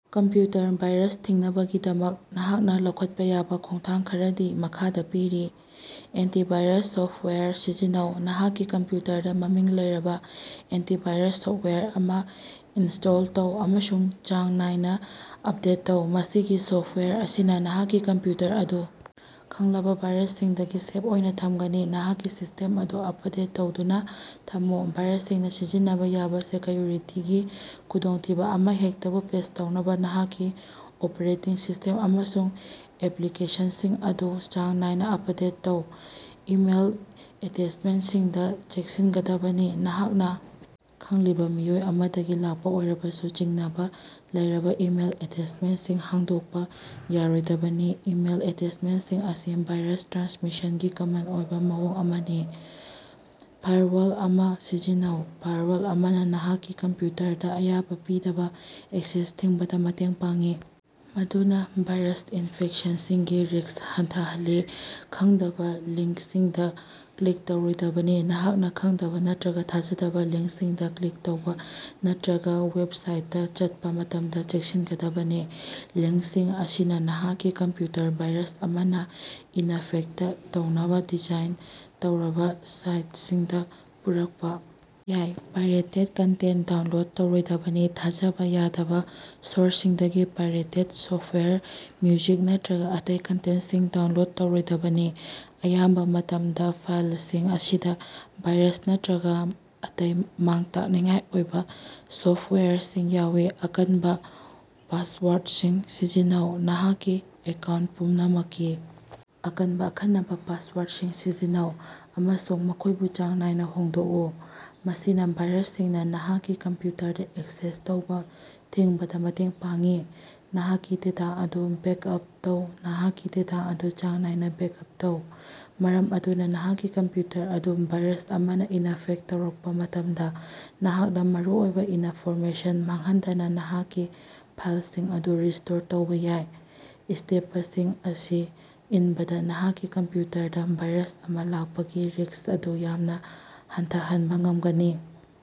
Computer virus ꯊꯤꯡꯅꯕꯒꯤꯗꯃꯛ ꯅꯍꯥꯛꯅ ꯂꯧꯈꯠꯄ ꯌꯥꯕ ꯈꯣꯡꯊꯥꯡ ꯈꯔꯗꯤ ꯃꯈꯥꯗ ꯄꯤꯔꯤ: ꯑꯦꯟꯇꯤꯚꯥꯏꯔꯁ ꯁꯣꯐꯇꯋꯥꯌꯔ ꯁꯤꯖꯤꯟꯅꯧ: ꯅꯍꯥꯛꯀꯤ ꯀꯝꯄ꯭ꯌꯨꯇꯔꯗ ꯃꯃꯤꯡ ꯂꯩꯔꯕ ꯑꯦꯟꯇꯤꯚꯥꯏꯔꯁ ꯁꯣꯐꯇꯋꯥꯌꯔ ꯑꯃ ꯏꯟꯁ꯭ꯇꯣꯜ ꯇꯧ ꯑꯃꯁꯨꯡ ꯆꯥꯡ ꯅꯥꯏꯅ ꯑꯄꯗꯦꯠ ꯇꯧ꯫ ꯃꯁꯤꯒꯤ ꯁꯣꯐꯇꯋꯥꯌꯔ ꯑꯁꯤꯅꯥ ꯅꯍꯥꯛꯀꯤ ꯀꯝꯄ꯭ꯌꯨꯇꯔ ꯑꯗꯨ ꯈꯪꯂꯕ ꯚꯥꯏꯔꯁꯁꯤꯡꯗꯒꯤ ꯁꯦꯐ ꯑꯣꯏꯅ ꯊꯝꯒꯅꯤ꯫ ꯅꯍꯥꯛꯀꯤ ꯁꯤꯁ꯭ꯇꯦꯝ ꯑꯗꯨ ꯑꯄꯗꯦꯠ ꯇꯧꯗꯨꯅ ꯊꯝꯃꯨ: ꯚꯥꯏꯔꯁꯁꯤꯡꯅ ꯁꯤꯖꯤꯟꯅꯕ ꯌꯥꯕ ꯁꯦꯀꯌꯨꯔꯤꯇꯤꯒꯤ ꯈꯨꯗꯣꯡꯊꯤꯕ ꯑꯃꯍꯦꯛꯇꯕꯨ ꯄꯦꯆ ꯇꯧꯅꯕ ꯅꯍꯥꯛꯀꯤ ꯑꯣꯄꯔꯦꯇꯤꯡ ꯁꯤꯁ꯭ꯇꯦꯝ ꯑꯃꯁꯨꯡ ꯑꯦꯞꯂꯤꯀꯦꯁꯟꯁꯤꯡ ꯑꯗꯨ ꯆꯥꯡ ꯅꯥꯏꯅ ꯑꯄꯗꯦꯠ ꯇꯧ꯫ ꯏꯃꯦꯏꯜ ꯑꯦꯇꯦꯆꯃꯦꯟꯇꯁꯤꯡꯗ ꯆꯦꯛꯁꯤꯟꯒꯗꯕꯅꯤ: ꯅꯍꯥꯛꯅ ꯈꯪꯂꯤꯕ ꯃꯤꯑꯣꯏ ꯑꯃꯗꯒꯤ ꯂꯥꯛꯄ ꯑꯣꯏꯔꯕꯁꯨ ꯆꯤꯡꯅꯕ ꯂꯩꯔꯕ ꯏꯃꯦꯏꯜ ꯑꯦꯇꯦꯆꯃꯦꯟꯇꯁꯤꯡ ꯍꯥꯡꯗꯣꯛꯄ ꯌꯥꯔꯣꯏꯗꯕꯅꯤ꯫ ꯏꯃꯦꯏꯜ ꯑꯦꯇꯦꯆꯃꯦꯟꯇꯁꯤꯡ ꯑꯁꯤ ꯚꯥꯏꯔꯁ ꯇ꯭ꯔꯥꯟꯁꯃꯤꯁꯟꯒꯤ ꯀꯃꯟ ꯑꯣꯏꯕ ꯃꯑꯣꯡ ꯑꯃꯅꯤ꯫ ꯐꯥꯏꯔꯋꯥꯜ ꯑꯃ ꯁꯤꯖꯤꯟꯅꯧ: ꯐꯥꯏꯔꯋꯥꯜ ꯑꯃꯅ ꯅꯍꯥꯛꯀꯤ ꯀꯝꯄ꯭ꯌꯨꯇꯔꯗ ꯑꯌꯥꯕ ꯄꯤꯗꯕ ꯑꯦꯛꯁꯦꯁ ꯊꯤꯡꯕꯗ ꯃꯇꯦꯡ ꯄꯥꯡꯏ꯫ ꯃꯗꯨꯅ ꯚꯥꯏꯔꯁ ꯏꯅꯐꯦꯛꯁꯟꯒꯤ ꯔꯤꯁ꯭ꯛ ꯍꯟꯊꯍꯜꯂꯤ꯫ ꯈꯪꯗꯕ ꯂꯤꯡꯀꯁꯤꯡꯗ ꯀ꯭ꯂꯤꯛ ꯇꯧꯔꯣꯏꯗꯕꯅꯤ: ꯅꯍꯥꯛꯅ ꯈꯪꯗꯕ ꯅꯠꯇ꯭ꯔꯒ ꯊꯥꯖꯗꯕ ꯂꯤꯉ꯭ꯀꯁꯤꯡꯗ ꯀ꯭ꯂꯤꯛ ꯇꯧꯕ ꯅꯠꯇ꯭ꯔꯒ ꯋꯦꯕꯁꯥꯏꯠꯇ ꯆꯠꯄ ꯃꯇꯝꯗ ꯆꯦꯛꯁꯤꯟꯒꯗꯕꯅꯤ꯫ ꯂꯤꯡꯛꯁꯤꯡ ꯑꯁꯤꯅ ꯅꯍꯥꯛꯀꯤ ꯀꯝꯄ꯭ꯌꯨꯇꯔ ꯚꯥꯏꯔꯁ ꯑꯃꯅ ꯏꯅꯐꯦꯛꯇ ꯇꯧꯅꯕ ꯗꯤꯖꯥꯏꯟ ꯇꯧꯔꯕ ꯁꯥꯏꯇꯁꯤꯡꯗ ꯄꯨꯔꯛꯄ ꯌꯥꯏ꯫ ꯄꯥꯏꯔꯦꯇꯦꯗ ꯀꯟꯇꯦꯟꯇ ꯗꯥꯎꯟꯂꯣꯗ ꯇꯧꯔꯣꯏꯗꯕꯅꯤ: ꯊꯥꯖꯕ ꯌꯥꯗꯕ ꯁꯣꯔꯁꯁꯤꯡꯗꯒꯤ ꯄꯥꯏꯔꯦꯇꯦꯗ ꯁꯣꯐꯇꯋꯥꯌꯔ, ꯃ꯭ꯌꯨꯖꯤꯛ ꯅꯠꯇ꯭ꯔꯒ ꯑꯇꯩ ꯀꯟꯇꯦꯟꯇꯁꯤꯡ ꯗꯥꯎꯟꯂꯣꯗ ꯇꯧꯔꯣꯏꯗꯕꯅꯤ꯫ ꯑꯌꯥꯝꯕ ꯃꯇꯝꯗ, ꯐꯥꯏꯂꯁꯤꯡ ꯑꯁꯤꯗ ꯚꯥꯏꯔꯁ ꯅꯠꯇ꯭ꯔꯒ ꯑꯇꯩ ꯃꯥꯡ-ꯇꯥꯛꯅꯤꯡꯉꯥꯏ ꯑꯣꯏꯕ ꯁꯣꯐꯇꯋꯥꯌꯔꯁꯤꯡ ꯌꯥꯎꯏ꯫ ꯑꯀꯟꯕꯥ ꯄꯥꯁꯋꯥꯔꯗꯁꯤꯡ ꯁꯤꯖꯤꯟꯅꯧ: ꯅꯍꯥꯛꯀꯤ ꯑꯦꯀꯥꯎꯟꯇ ꯄꯨꯝꯅꯃꯛꯀꯤ ꯑꯀꯟꯕ ꯑꯈꯟꯅꯕ ꯄꯥꯁꯋꯥꯔꯗꯁꯤꯡ ꯁꯤꯖꯤꯟꯅꯧ, ꯑꯃꯁꯨꯡ ꯃꯈꯣꯢꯕꯨ ꯆꯥꯡ ꯅꯥꯏꯅ ꯍꯣꯡꯗꯣꯛꯎ꯫ ꯃꯁꯤꯅ ꯚꯥꯏꯔꯁꯁꯤꯡꯅ ꯅꯍꯥꯛꯀꯤ ꯀꯝꯄ꯭ꯌꯨꯇꯔꯗ ꯑꯦꯛꯁꯦꯁ ꯇꯧꯕ ꯊꯤꯡꯕꯗ ꯃꯇꯦꯡ ꯄꯥꯡꯏ꯫ ꯅꯍꯥꯛꯀꯤ ꯗꯦꯇꯥ ꯑꯗꯨ ꯕꯦꯀꯑꯞ ꯇꯧ: ꯅꯍꯥꯛꯀꯤ ꯗꯦꯇꯥ ꯑꯗꯨ ꯆꯥꯡ ꯅꯥꯏꯅ ꯕꯦꯀꯑꯞ ꯇꯧ, ꯃꯔꯝ ꯑꯗꯨꯅ ꯅꯍꯥꯛꯀꯤ ꯀꯝꯄ꯭ꯌꯨꯇꯔ ꯑꯗꯨ ꯚꯥꯏꯔꯁ ꯑꯃꯅ ꯏꯅꯐꯦꯛꯇ ꯇꯧꯔꯛꯄ ꯃꯇꯝꯗ ꯅꯍꯥꯛꯅ ꯃꯔꯨꯑꯣꯏꯕ ꯏꯅꯐꯣꯔꯃꯦꯁꯟ ꯃꯥꯡꯍꯟꯗꯅ ꯅꯍꯥꯛꯀꯤ ꯐꯥꯏꯂꯁꯤꯡ ꯑꯗꯨ ꯔꯤꯁ꯭ꯇꯣꯔ ꯇꯧꯕ ꯌꯥꯏ꯫ ꯁ꯭ꯇꯦꯄꯁꯤꯡ ꯑꯁꯤ ꯏꯟꯕꯅ ꯅꯍꯥꯛꯀꯤ ꯀꯝꯄ꯭ꯌꯨꯇꯔꯗ ꯚꯥꯏꯔꯁ ꯑꯃ ꯂꯥꯛꯄꯒꯤ ꯔꯤꯁ꯭ꯛ ꯑꯗꯨ ꯌꯥꯝꯅ ꯍꯟꯊꯍꯟꯕ ꯉꯝꯒꯅꯤ꯫।